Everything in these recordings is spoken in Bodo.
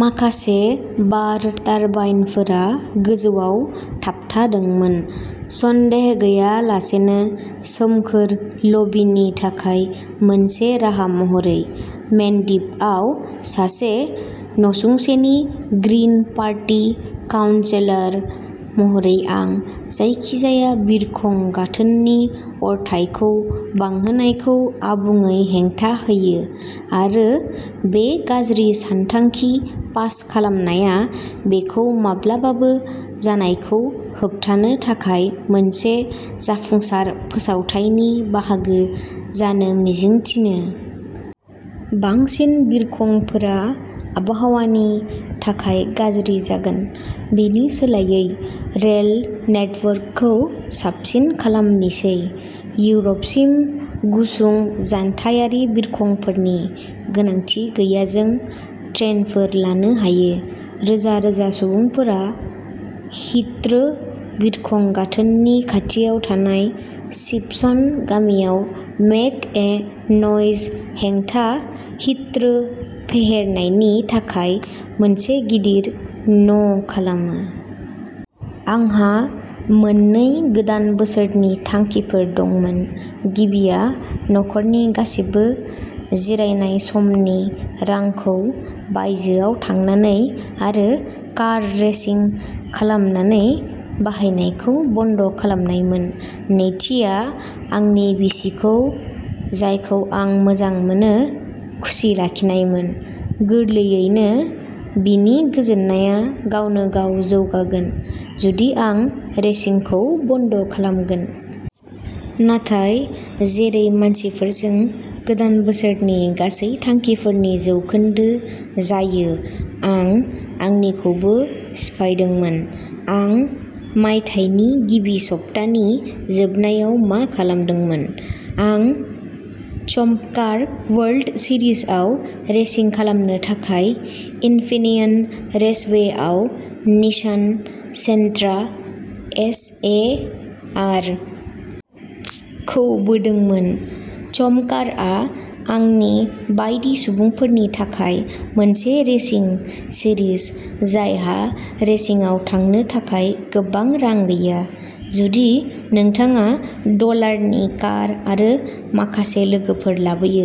माखासे बार टारबाइनफोरा गोजौआव थाबथादोंमोन, सन्देह गैयालासेनो सोमखोर लबिनि थाखाय मोनसे राहा महरै। मेन्डिपआव सासे नसुंसेनि ग्रिन पार्टी काउनसिलर महरै आं जायखिजाया बिरखं गाथोननि अरथाइखौ बांहोनायखौ आबुङै हेंथा होयो आरो बे गाज्रि सानथांखि पास खालामनाया बेखौ माब्लाबाबो जानायखौ होबथानो थाखाय मोनसे जाफुंसार फोसावथायनि बाहागो जानो मिजिं थिनो। बांसिन बिरखंफोरा आबहावानि थाखाय गाज्रि जागोन। बेनि सोलायै रेल नेटवर्कखौ साबसिन खालामनिसै। इउर'पसिम गुसुं जानथायारि बिरखंफोरनि गोनांथि गैयाजों ट्रेनफोर लानो हायो! रोजा रोजा सुबुंफोरा हिथ्रो बिरखं गाथोननि खाथियाव थानाय सिपसन गामियाव "मेक ए न'इज" हेंथा हिथ्रो फेहेरनायनि थाखाय मोनसे गिदिर "न'" खालामो। आंहा मोननै गोदान बोसोरनि थांखिफोर दंमोन। गिबिया नखरनि गासिबो जिरायनाय समनि रांखौ बायजोआव थांनानै आरो कार रेसिं खालामनानै बाहायनायखौ बन्द'खालामनायमोन। नैथिआ आंनि बिसिखौ, जायखौ आं मोजां मोनो, खुसि लाखिनायमोन। गोरलैयैनो, बिनि गोजोननाया गावनो गाव जौगागोन जुदि आं रेसिंखौ बन्द'खालामगोन। नाथाय जेरै मानसिफोरजों गोदान बोसोरनि गासै थांखिफोरनि जौखोन्दो जायो, आं आंनिखौबो सिफायदोंमोन। आं मायथाइनि गिबि सप्तानि जोबनायाव मा खालामदोंमोन? आं चम्पकार वर्ल्ड सिरिजआव रेसिं खालामनो थाखाय इनफिनियन रेसवेआव Nissan Sentra S. E. -R. खौ बोदोंमोन। चम्पकारआ आंनि बायदि सुबुंफोरनि थाखाय मोनसे रेसिं सिरिज, जायहा रेसिंआव थांनो थाखाय गोबां रां गैया। जुदि नोंथाङा डलारनि कार आरो माखासे लोगोफोर लाबोयो,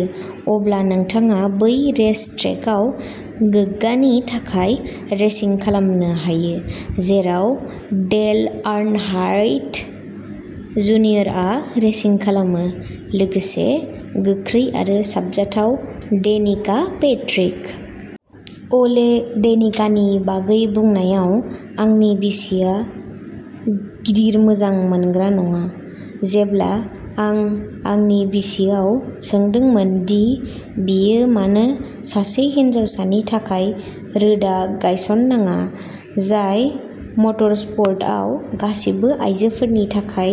अब्ला नोंथाङा बै रेस ट्रेकआव गोग्गानि थाखाय रेसिं खालामनो हायो जेराव डेल आर्नहार्ड्ट, जुनियरआ रेसिं खालामो, लोगोसे गोख्रै आरो साबजाथाव डेनिका पैट्रिक। ओले डेनिकानि बागै बुंनायाव, आंनि बिसिआ गिदिर मोजां मोनग्रा नङा। जेब्ला आं आंनि बिसियाव सोंदोंमोन दि बियो मानो सासे हिनजावसानि थाखाय रोदा गायसनाङा जाय मटरस्प'र्टआव गासिबो आयजोफोरनि थाखाय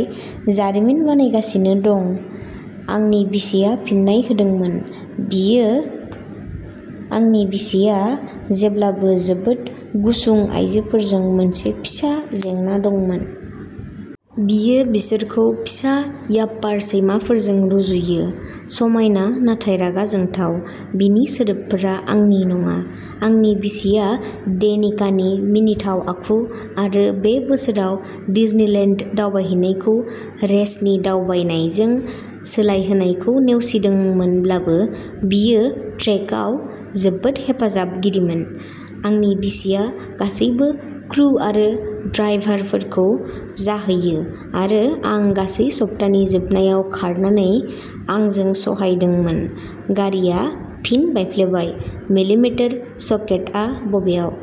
जारिमिन बानायगासिनो दं, आंनि बिसिआ फिननाय होदोंमोन, "बियो "आंनि बिसिया जेब्लाबो जोबोद गुसुं आयजोफोरजों मोनसे फिसा जेंना दंमोन। बियो बिसोरखौ फिसा याप्पर सैमाफोरजों रुजुयो", समायना नाथाय रागा जोंथाव "-बिनि सोदोबफोरा आंनि नङा। आंनि बिसिया डेनिकानि मिनिथाव आखु आरो बे बोसोराव डिजनिलेन्ड दावबायनायखौ रेसनि दावबायनायजों सोलायहोनायखौ नेवसिदोंमोनब्लाबो, बियो ट्रेकआव जोबोद हेफाजाबगिरिमोन। आंनि बिसिया गासैबो क्रु आरो ड्राइभारफोरखौ जाहैयो आरो आं गासै सप्तानि जोबनायाव खारनानै आंजों सहायदोंमोन," गारिआ फिन बायफ्लेबाय, मिलिमिटार सकेटआ बबेयाव!